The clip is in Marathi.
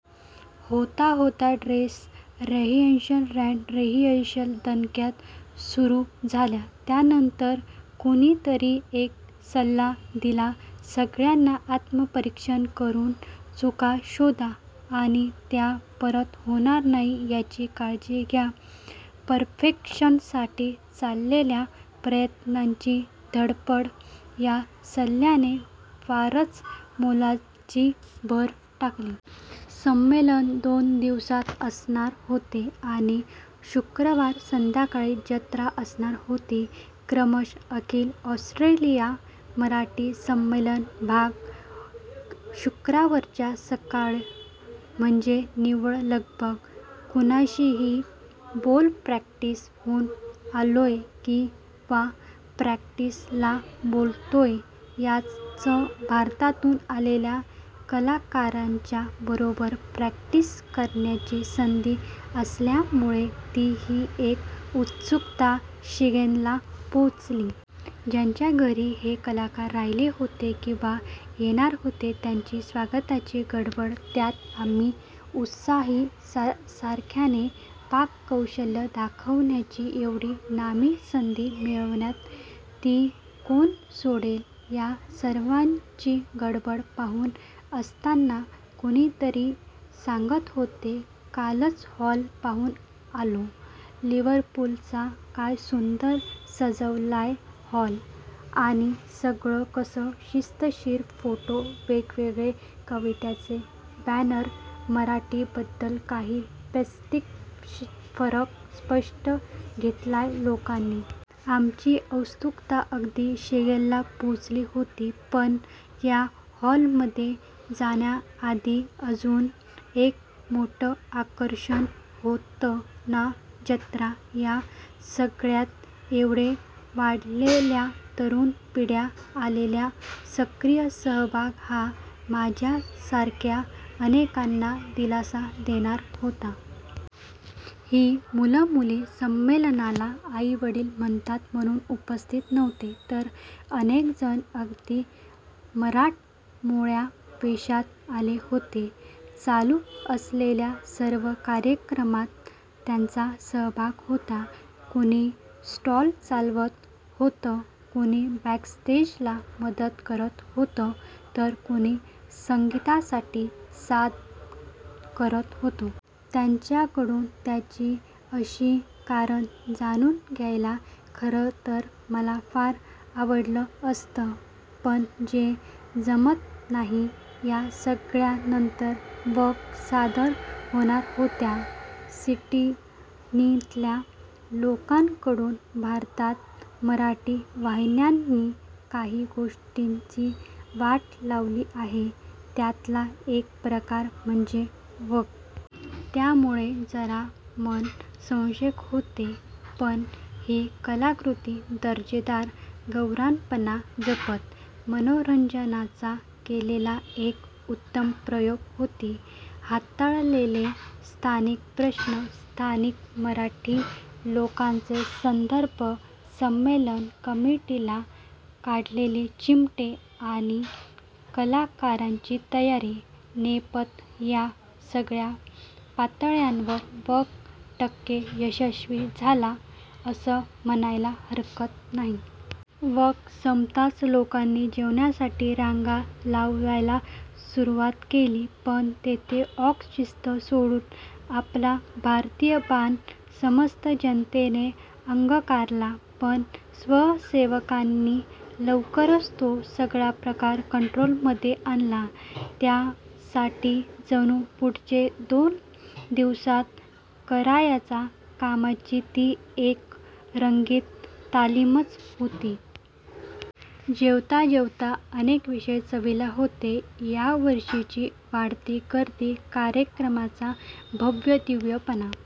होता होता ड्रेस रेहियर्सअल ्रँड रेहियर्सअल दणक्यात सुरू झाल्या. त्यानंतर कुणीतरी एक सल्ला दिला सगळ्याना आत्म्परीक्षण करून चुका शोधा आणि त्या परत होणार नाहीत याची काळजी घ्या. पर्फेक्षन साठी चालेल्या प्रत्येकाच्या धडपडीत या सल्ल्याने फारच मोलाची भर टाकली. संमेलन दोन दिवसांच असणार होत आणि शुक्रवार संध्याकाळी जत्रा असणार होती. -क्रमशःअखिल ऑस्ट्रेलिया मराठी संमेलन भाग शुक्रावरची सकाळ म्हणजे निव्वळ लगबग. कुणाशी ही बोलाप्रॅक्टीस हून आलोय किंवा प्रॅक्टीस ला चाललोय. त्यात भारतातून आलेल्या कलाकारांच्या बरोबर प्रॅक्टीस करण्याची संधी असल्यामुळे ती ही उत्सुकता शिगेला पोचलेली. ज्यांच्या घरी हे कलाकार राहीले होते किंवा येणार होते त्यांची स्वागताची गडबड त्यात आमच्या उत्साही साख्याना पाककौशल्य दाखवायची एवढी नामी संधी मिळाल्यावर ती कोण सोडेल. या सार्याची गडबड चालूच असताना कोणीतरी सांगत होत कालच हॉल पाहून आलो लिवरपूल चा काय सूंदर सजवलाय हॉल आणि सगळ कस शिस्त-शीर फोटो, वेगवेगळे कवितांचे बॅनर्स, मराठी बद्दल काही फॅक्ट्स फरच कष्ट घेतलेत लोकांनी. आमची औत्सुकता अगदी शिगेला पोचली होती पण या हॉल मधे जायच्या आधी अजुन एक मोठ आकर्षण होत ना जत्रा!!! या सगळ्यात एथे वाढलेल्या तरुण पिढीचा असलेला सक्रिय सहभाग हा माझ्यासारख्या अनेकाना दिलासा देणारा होता. ही मूल-मुली संमेलनाला आई वडील म्हणतात म्हणून उपस्थित नव्हते तर अनेक जण अगदी मराठमोळ्या वेषात आले होते. चालू असलेल्या सर्व कार्यक्रमात त्यांचा सहभाग होता. कुणी स्टॉल्स चालवत होत, कुणी बॅक-स्टेज ला मदत करत होत तर कुणी संगीता साठी साथ करत होत. त्यांच्याकडून त्यांची अशी कारण जाणून घ्यायला खरतर मला फार आवडल असत पण ते जमल नाही. या सगळ्या नंतर "वग" सादर होणार होता सिड्नीतल्या कलाकरांकडून. भारतात मराठी वाहिन्यानि काही गोष्टींची वाट लावली आहे त्यातला एक प्रकार म्हणजे "वग". त्यामुळे मन जरा साशंक होते. पण ही कलाकृती दर्जेदार गवरानपणा जपत, मनोरंजनाचा केलेला एक उत्तम प्रयोग होती. हाताळलेले स्थानिक प्रश्न, स्थानिक मराठी लोकांचे संदर्भ, संमेलन कमिटी ला काढलेले चिमटे, आणि कलाकारांची तयारी, नेपथ्य या सगळ्या पातळ्यांवर "वग" टक्के यशस्वी झाला अस म्हणायला हरकत नाही. वग संपताच लोकानि जेवणासाठी रांगा लावायला सुरूवात केली पण तिथे ऑसी शिस्त सोडून आपला भारतीय बाणा समस्त जनतेने अंगिकारला. पण स्वयंसेवकानी लवकरच तो सगळा प्रकार कंट्रोल मधे आणला त्यांच्या साठी जणू पुढच्या दोन दिवसात करायच्या कामाची ती एक रंगीत तालीमच होती. जेवता जेवता अनेक विषय चवीला होते यावर्षीची वाढलेली गर्दी, कार्यक्रमाचा भव्यदिव्य पणा